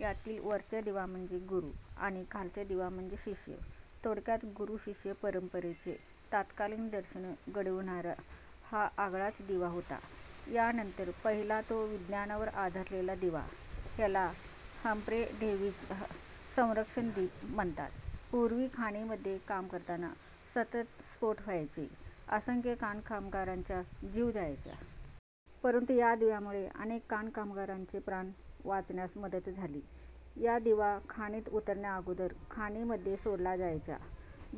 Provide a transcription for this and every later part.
यातील वरचा दिवा म्हणजे गुरु आणि खालचा दिवा म्हणजे शिष्य. थोडक्यात गुरु-शिष्य परंपरेचे तत्कालीन दर्शन घडविणारा हा आगळाच दिवा होता. यानंतर पाहिला तो विज्ञानावर आधारलेला दिवा. याला हम्फ्रे डेव्हीचा 'संरक्षक दीप' म्हणतात. पूर्वी खाणीमध्ये काम करताना सतत स्फोट व्हायचे, असंख्य खाणकामगारांचा जीव जायचा. परंतु या दिव्यामुळे अनेक खाणकामगारांचे प्राण वाचण्यास मदत झाली. हा दिवा खाणीत उतरण्याअगोदर खाणीमध्ये सोडला जायचा.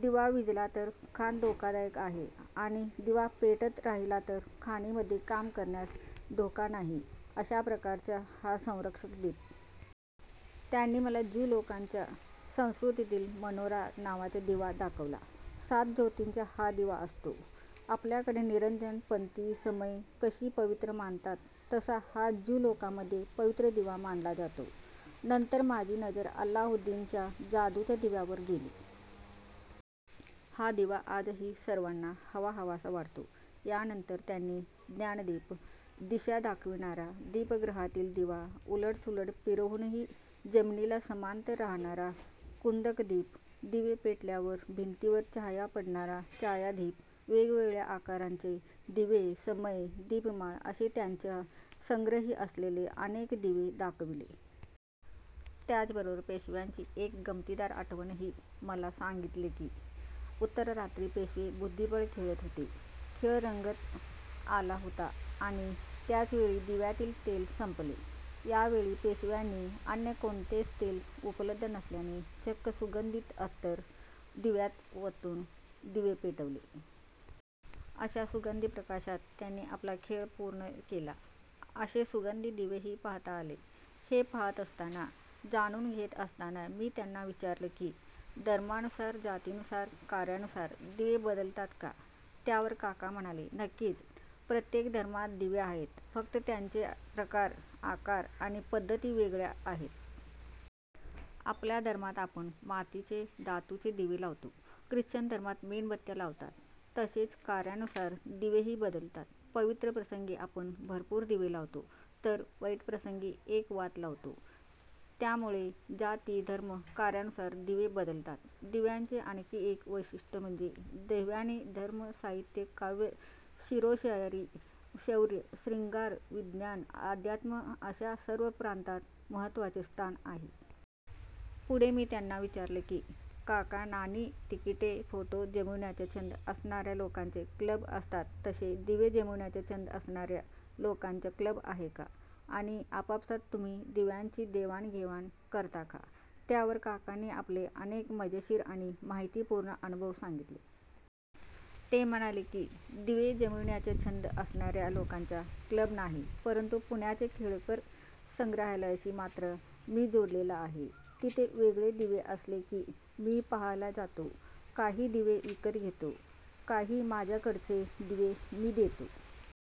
दिवा विझला तर खाण धोकादायक आहे आणि दिवा पेटत राहिला तर खाणीमध्ये काम करण्यास धोका नाही. अशा प्रकारचा हा संरक्षक दीप. त्यांनी मला ज्यू लोकांच्या संस्कृतीतील 'मेनोरा' नावाचा दिवा दाखवला. सात ज्योतींचा हा दिवा असतो. आपल्याकडे निरांजन, पणती, समई कशी पवित्र मानतात तसा हा ज्यू लोकांमध्ये पवित्र दिवा मानला जातो. नंतर माझी नजर 'अल्लाउद्दिन'च्या जादूच्या दिव्यावर गेली. हा दिवा आजही सर्वांना हवाहवासा वाटतो. यानंतर त्यांनी ज्ञानदीप, दिशा दाखविणारा दीपगृहातील दिवा, उलट-सुलट फिरवूनही जमिनीला समांतर राहणारा 'कंदुक दीप', दिवे पेटवल्यावर भिंतीवर छाया पडणारा 'छायादीप', वेगवेगळ्या आकारांचे दिवे, समई, दीपमाळ असे त्यांच्या संग्रही असलेले अनेक दिवे दाखविले. त्याचबरोबर पेशव्यांची एक गमतीदार आठवणही मला सांगितली की, उत्तररात्री पेशवे बुद्धिबळ खेळत होते, खेळ रंगत आला होता आणि त्याचवेळी दिव्यातील तेल संपले. यावेळी पेशव्यांनी अन्य कोणतेच तेल उपलब्ध नसल्याने चक्क सुगंधी अत्तर दिव्यात ओतून दिवे पेटवले. अशा सुगंधी प्रकाशात त्यांनी आपला खेळ पूर्ण केला. असे सुगंधी दिवेही पाहता आले. हे पाहत असताना, जाणून घेत असताना मी त्यांना विचारलं की, धर्मानुसार-जातीनुसार-कार्यानुसार दिवे बदलतात का? त्यावर काका म्हणाले, नक्कीच. प्रत्येक धर्मात दिवे आहेत, फक्त त्यांचे प्रकार, आकार आणि पद्धती वेगळ्या आहेत. आपल्या धर्मात आपण मातीचे, धातूचे दिवे लावतो, ख्रिश्चन धर्मात मेणबत्त्या लावतात. तसेच कार्यानुसार दिवेही बदलतात. पवित्र प्रसंगी आपण भरपूर दिवे लावतो तर वाईट प्रसंगी एक वात लावतो. त्यामुळे जाती-धर्म-कार्यानुसार दिवे बदलतात. दिव्यांचे आणखी एक वैशिष्ट्य म्हणजे दिव्यांना धर्म, साहित्य, काव्य-शेरोशायरी, शौर्य, शृंगार, विज्ञान, अध्यात्म अशा सर्व प्रांतात महत्त्वाचे स्थान आहे. पुढे मी त्यांना विचारलं की, काका नाणी, तिकिटे, फोटो जमविण्याचा छंद असणाऱ्या लोकांचे क्लब असतात तसे दिवे जमविण्याचा छंद असणाऱ्या लोकांचा क्लब आहे का? आणि आपापसात तुम्ही दिव्यांची देवाण-घेवाण करता का? त्यावर काकांनी आपले अनेक मजेशीर आणि माहितीपूर्ण अनुभव सांगितले. ते म्हणाले की, दिवे जमविण्याचा छंद असणाऱ्या लोकांचा क्लब नाही, परंतु पुण्याच्या केळकर संग्रहालयाशी मात्र मी जोडलेला आहे. तिथे वेगळे दिवे दिसले की मी पाहायला जातो, काही दिवे विकत घेतो, काही माझ्याकडचे दिवे मी देतो.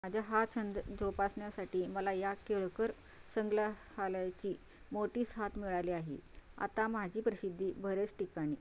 माझा हा छंद जोपासण्यासाठी मला या केळकर संग्रहालयाची मोठी साथ मिळाली आहे. आता माझी प्रसिद्धी बरेच ठिकाणी...